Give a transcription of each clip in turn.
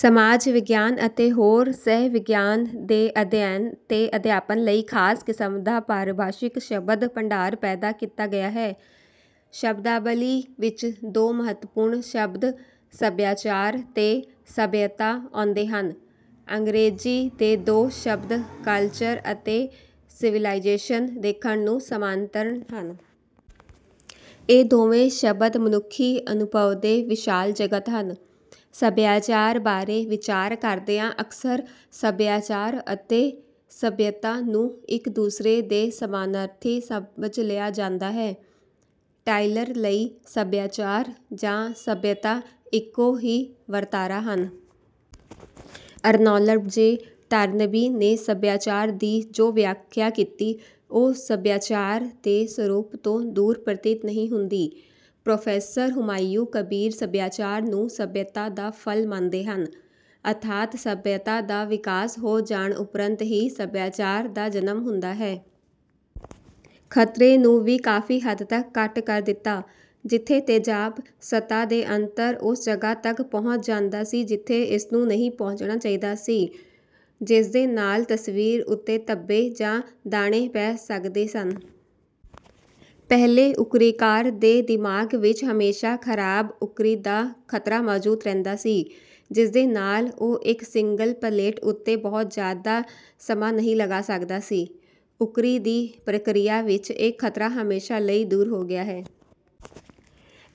ਸਮਾਜ ਵਿਗਿਆਨ ਅਤੇ ਹੋਰ ਸਹਿ-ਵਿਗਿਆਨ ਦੇ ਅਧਿਐਨ ਤੇ ਅਧਿਆਪਨ ਲਈ ਖਾਸ ਕਿਸਮ ਦਾ ਪਾਰਿਭਾਸ਼ਿਕ ਸ਼ਬਦ-ਭੰਡਾਰ ਪੈਦਾ ਕੀਤਾ ਗਿਆ ਹੈ। ਸ਼ਬਦਾਵਲੀ ਵਿੱਚ ਦੋ ਮਹੱਤਵਪੂਰਨ ਸ਼ਬਦ "ਸੱਭਿਆਚਾਰ" ਤੇ "ਸੱਭਿਅਤਾ" ਆਉਂਦੇ ਹਨ। ਅੰਗਰੇਜ਼ੀ ਦੇ ਦੋ ਸ਼ਬਦ ਕਲਚਰ ਅਤੇ ਸਿਵੀਲਾਈਜੇਸ਼ਨ ਦੇਖਣ ਨੂੰ ਸਮਾਨਾਂਤਰ ਹਨ। ਇਹ ਦੋਵੇਂ ਸ਼ਬਦ ਮਨੁੱਖੀ ਅਨੁਭਵ ਦੇ ਵਿਸ਼ਾਲ ਜਗਤ ਹਨ। ਸੱਭਿਆਚਾਰ ਬਾਰੇ ਵਿਚਾਰ ਕਰਦਿਆਂ ਅਕਸਰ "ਸੱਭਿਆਚਾਰ" ਅਤੇ "ਸੱਭਿਅਤਾ" ਨੂੰ ਇੱਕ ਦੂਸਰੇ ਦੇ ਸਮਾਨਾਰਥੀ ਸਮਝ ਲਿਆ ਜਾਂਦਾ ਹੈ। ਟਾਇਲਰ ਲਈ "ਸੱਭਿਆਚਾਰ" ਜਾਂ "ਸੱਭਿਅਤਾ" ਇੱਕੋ ਹੀ ਵਰਤਾਰਾ ਹਨ। ਅਰਨਾਲਡ ਜੇ. ਟਾਇਨਬੀ ਨੇ ਸੱਭਿਆਚਾਰ ਦੀ ਜੋ ਵਿਆਖਿਆ ਕੀਤੀ, ਉਹ ਸੱਭਿਆਚਾਰ ਦੇ ਸਰੂਪ ਤੋਂ ਦੂਰ ਪ੍ਰਤੀਤ ਨਹੀਂ ਹੁੰਦੀ। ਪ੍ਰੋਫੈਸਰ ਹੁਮਾਯੂੰ ਕਬੀਰ ਸੱਭਿਆਚਾਰ ਨੂੰ ਸੱਭਿਅਤਾ ਦਾ ਫਲ ਮੰਨਦੇ ਹਨ। ਅਰਥਾਤ ਸੱਭਿਅਤਾ ਦਾ ਵਿਕਾਸ ਹੋ ਜਾਣ ਉਪਰੰਤ ਹੀ ਸੱਭਿਆਚਾਰ ਦਾ ਜਨਮ ਹੁੰਦਾ ਹੈ। ਖਤਰੇ ਨੂੰ ਵੀ ਕਾਫ਼ੀ ਹੱਦ ਤੱਕ ਘੱਟ ਕਰ ਦਿੱਤਾ, ਜਿੱਥੇ ਤੇਜ਼ਾਬ ਸਤ੍ਹਾ ਦੇ ਅੰਦਰ ਉਸ ਜਗ੍ਹਾ ਤੱਕ ਪਹੁੰਚ ਜਾਂਦਾ ਸੀ ਜਿੱਥੇ ਇਸਨੂੰ ਨਹੀਂ ਪਹੁੰਚਣਾ ਚਾਹੀਦਾ ਸੀ, ਜਿਸਦੇ ਨਾਲ ਤਸਵੀਰ ਉੱਤੇ ਧੱਬੇ ਜਾਂ ਦਾਣੇ ਪੈ ਸਕਦੇ ਸਨ। ਪਹਿਲਾਂ ਉੱਕਰੀਕਾਰ ਦੇ ਦਿਮਾਗ ਵਿੱਚ ਹਮੇਸ਼ਾ ਖ਼ਰਾਬ ਉੱਕਰੀ ਦਾ ਖ਼ਤਰਾ ਮੌਜੂਦ ਰਹਿੰਦਾ ਸੀ, ਜਿਸਦੇ ਨਾਲ ਉਹ ਇੱਕ ਸਿੰਗਲ ਪਲੇਟ ਉੱਤੇ ਬਹੁਤ ਜ਼ਿਆਦਾ ਸਮਾਂ ਨਹੀਂ ਲਗਾ ਸਕਦਾ ਸੀ। ਉੱਕਰੀ ਦੀ ਪ੍ਰਕਿਰਿਆ ਵਿੱਚ ਇਹ ਖ਼ਤਰਾ ਹਮੇਸ਼ਾ ਲਈ ਦੂਰ ਹੋ ਗਿਆ ਹੈ।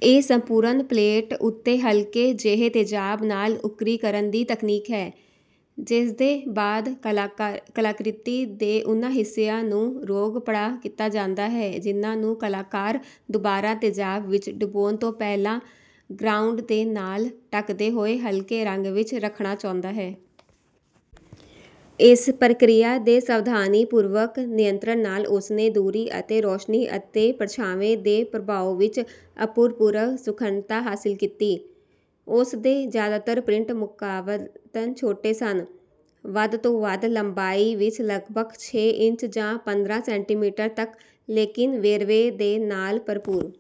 ਇਹ ਸੰਪੂਰਨ ਪਲੇਟ ਉੱਤੇ ਹਲਕੇ ਜਿਹੇ ਤੇਜ਼ਾਬ ਨਾਲ ਉੱਕਰੀ ਕਰਨ ਦੀ ਤਕਨੀਕ ਹੈ, ਜਿਸਦੇ ਬਾਅਦ ਕਲਾਕ੍ਰਿਤੀ ਦੇ ਉਨ੍ਹਾਂ ਹਿੱਸਿਆਂ ਨੂੰ "ਰੋਕ-ਪੜਾਅ" ਕੀਤਾ ਜਾਂਦਾ ਹੈ ਜਿਨ੍ਹਾਂ ਨੂੰ ਕਲਾਕਾਰ ਦੁਬਾਰਾ ਤੇਜ਼ਾਬ ਵਿੱਚ ਡੁਬੋਣ ਤੋਂ ਪਹਿਲਾਂ "ਗਰਾਉਂਡ" ਦੇ ਨਾਲ ਢੱਕਦੇ ਹੋਏ ਹਲਕੇ ਰੰਗ ਵਿੱਚ ਰੱਖਣਾ ਚਾਹੁੰਦਾ ਹੈ। ਇਸ ਪ੍ਰਕਿਰਿਆ ਦੇ ਸਾਵਧਾਨੀਪੂਰਵਕ ਨਿਯੰਤਰਣ ਨਾਲ ਉਸ ਨੇ ਦੂਰੀ ਅਤੇ ਰੋਸ਼ਨੀ ਅਤੇ ਪਰਛਾਵੇਂ ਦੇ ਪ੍ਰਭਾਵ ਵਿੱਚ ਅਭੂਤਪੂਰਵ ਸੂਖਮਤਾ ਹਾਸਲ ਕੀਤੀ। ਉਸ ਦੇ ਜ਼ਿਆਦਾਤਰ ਪ੍ਰਿੰਟ ਮੁਕਾਬਲਤਨ ਛੋਟੇ ਸਨ, ਵੱਧ ਤੋਂ ਵੱਧ ਲੰਬਾਈ ਵਿੱਚ ਲਗਭਗ ਛੇ ਇੰਚ ਜਾਂ ਪੰਦਰਾਂ ਸੈਂਟੀਮੀਟਰ ਤੱਕ, ਲੇਕਿਨ ਵੇਰਵੇ ਦੇ ਨਾਲ ਭਰਪੂਰ।